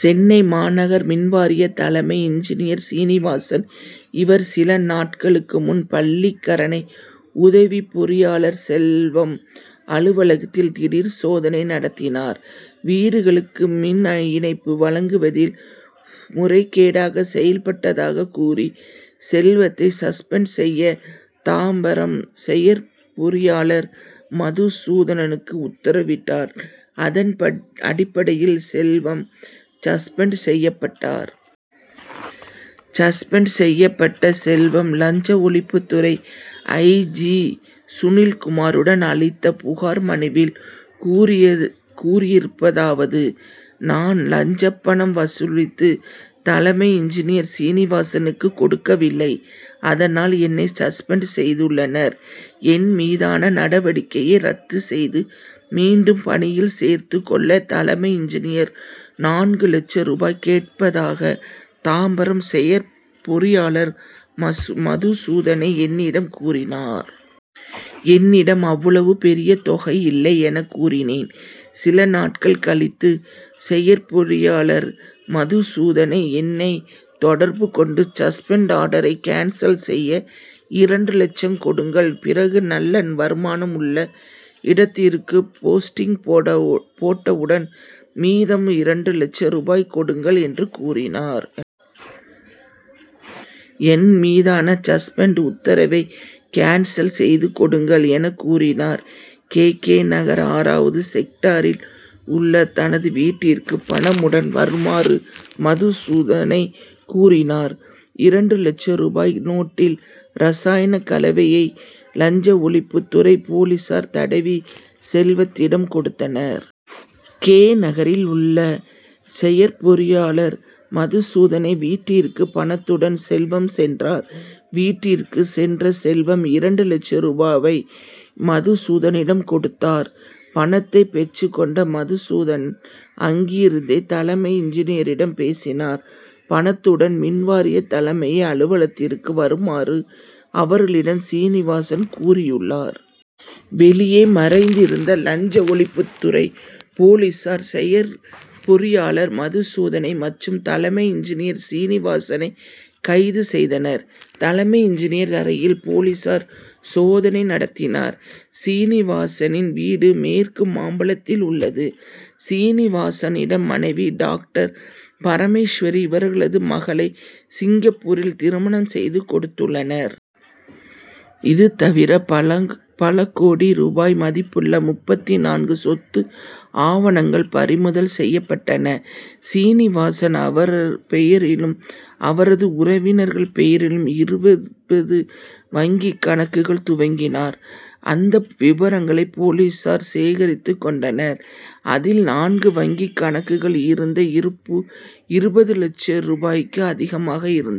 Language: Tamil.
சென்னை மாநகர் மின்வாரிய தலைமை இன்ஜினியர் சீனிவாசன். இவர், சில நாட்களுக்கு முன் பள்ளிக்கரணை உதவி பொறியாளர் செல்வம் அலுவலகத்தில் திடீர் சோதனை நடத்தினார். வீடுகளுக்கு மின் இணைப்பு வழங்குவதில் முறைகேடாக செயல்பட்டதாக கூறி, செல்வத்தை சஸ்பெண்ட் செய்ய, தாம்பரம் செயற்பொறியாளர் மதுசூதனனுக்கு உத்தரவிட்டார். அதன் அடிப்படையில் செல்வம் சஸ்பெண்ட் செய்யப்பட்டார். சஸ்பெண்ட் செய்யப்பட்ட செல்வம், லஞ்ச ஒழிப்புத்துறை ஐ. ஜி., சுனில்குமார்ருடன் அளித்த புகார் மனுவில் கூறியருப்பதாவது நான் லஞ்ச பணம் வசூலித்து தலைமை இன்ஜினியர் சீனிவாசகனுக்கு கொடுக்கவில்லை. அதனால், என்னை சஸ்பெண்ட் செய்துள்ளனர். என் மீதான நடவடிக்கையை ரத்து செய்து மீண்டும் பணியில் சேர்த்துக் கொள்ள தலைமை இன்ஜினியர், நான்கு லட்சம் ரூபாய் கேட்பதாக, தாம்பரம் செயற்பொறியாளர் மதுசூதனை என்னிடம் கூறினார். என்னிடம் அவ்வளவு பெரிய தொகை இல்லை என கூறினேன். சில நாட்கள் கழித்து, செயற்பொறியாளர் மதுசூதனை என்னை தொடர்பு கொண்டு, சஸ்பெண்ட் ஆர்டரை கேன்சல் செய்ய இரண்டு லட்சம் கொடுங்கள், பிறகு நல்ல வருமானம் உள்ள இடத்திற்கு போஸ்டிங் போடவு போட்டவுடன் மீதம் இரண்டு லட்சம் ரூபாய் கொடுங்கள் என கூறினார். என் மீதான சஸ்பெண்ட் உத்தரவை கேன்சல் செய்து கொடுங்கள் என கூறினார். கே. கே. நகர் ஆறாவது செக்டாரில் உள்ள தனது வீட்டிற்கு பணமுடன் வருமாறு மதுசூதனை கூறினார். இரண்டு லட்சம் ரூபாய் நோட்டில் ரசாயன கலவையை, லஞ்ச ஒழிப்புத் துறை போலீசார் தடவி, செல்வத்திடம் கொடுத்தனர். கே. நகரில் உள்ள செயற்பொறியாளர் மதுசூதனன் வீட்டிற்கு, பணத்துடன் செல்வம் சென்றார். வீட்டிற்குள் சென்ற செல்வம், இரண்டு லட்சம் ரூபாயை, மதுசூதனனிடம் கொடுத்தார். பணத்தை பெற்றுக் கொண்ட மதுசூதன், அங்கிருந்தே தலைமை இன்ஜினியரிடம் பேசினார். பணத்துடன் மின்வாரிய தலைமை அலுவலகத்திற்கு வருமாறு, அவர்களிடம் சீனிவாசகன் கூறியுள்ளார். வெளியே மறைந்திருந்த லஞ்ச ஒழிப்புத்துறை போலீசார், செயற்பொறியாளர் மதுசூதனன் மற்றும் தலைமை இன்ஜினியர் சீனிவாசனை கைது செய்தனர். தலைமை இன்ஜினியரின் அறையில் போலீசார் சோதனை நடத்தினர். சீனிவாசனின் வீடு மேற்கு மாம்பலத்தில் உள்ளது. சீனிவாசனின் மனைவி டாக்டர் பரமேஸ்வரி. இவர்களது மகளை சிங்கப்பூரில் திருமணம் செய்து கொடுத்துள்ளனர். இது தவிர பலங் பல கோடி ரூபாய் மதிப்புள்ள முப்பத்து நான்கு சொத்து ஆவணங்கள் பறிமுதல் செய்யப்பட்டன. சீனிவாசன் அவர் பெயரிலும் அவரது உறவினர்கள் பெயரிலும் இருபது வங்கி கணக்குகள் துவக்கியிருந்தார். அந்த விவரங்களை போலீசார் சேகரித்துக் கொண்டனர். அதில், நான்கு வங்கி கணக்குகளில் இருந்த இருப்பு, இருபது லட்சம் ரூபாய்க்கும் அதிகமாக இருந்த.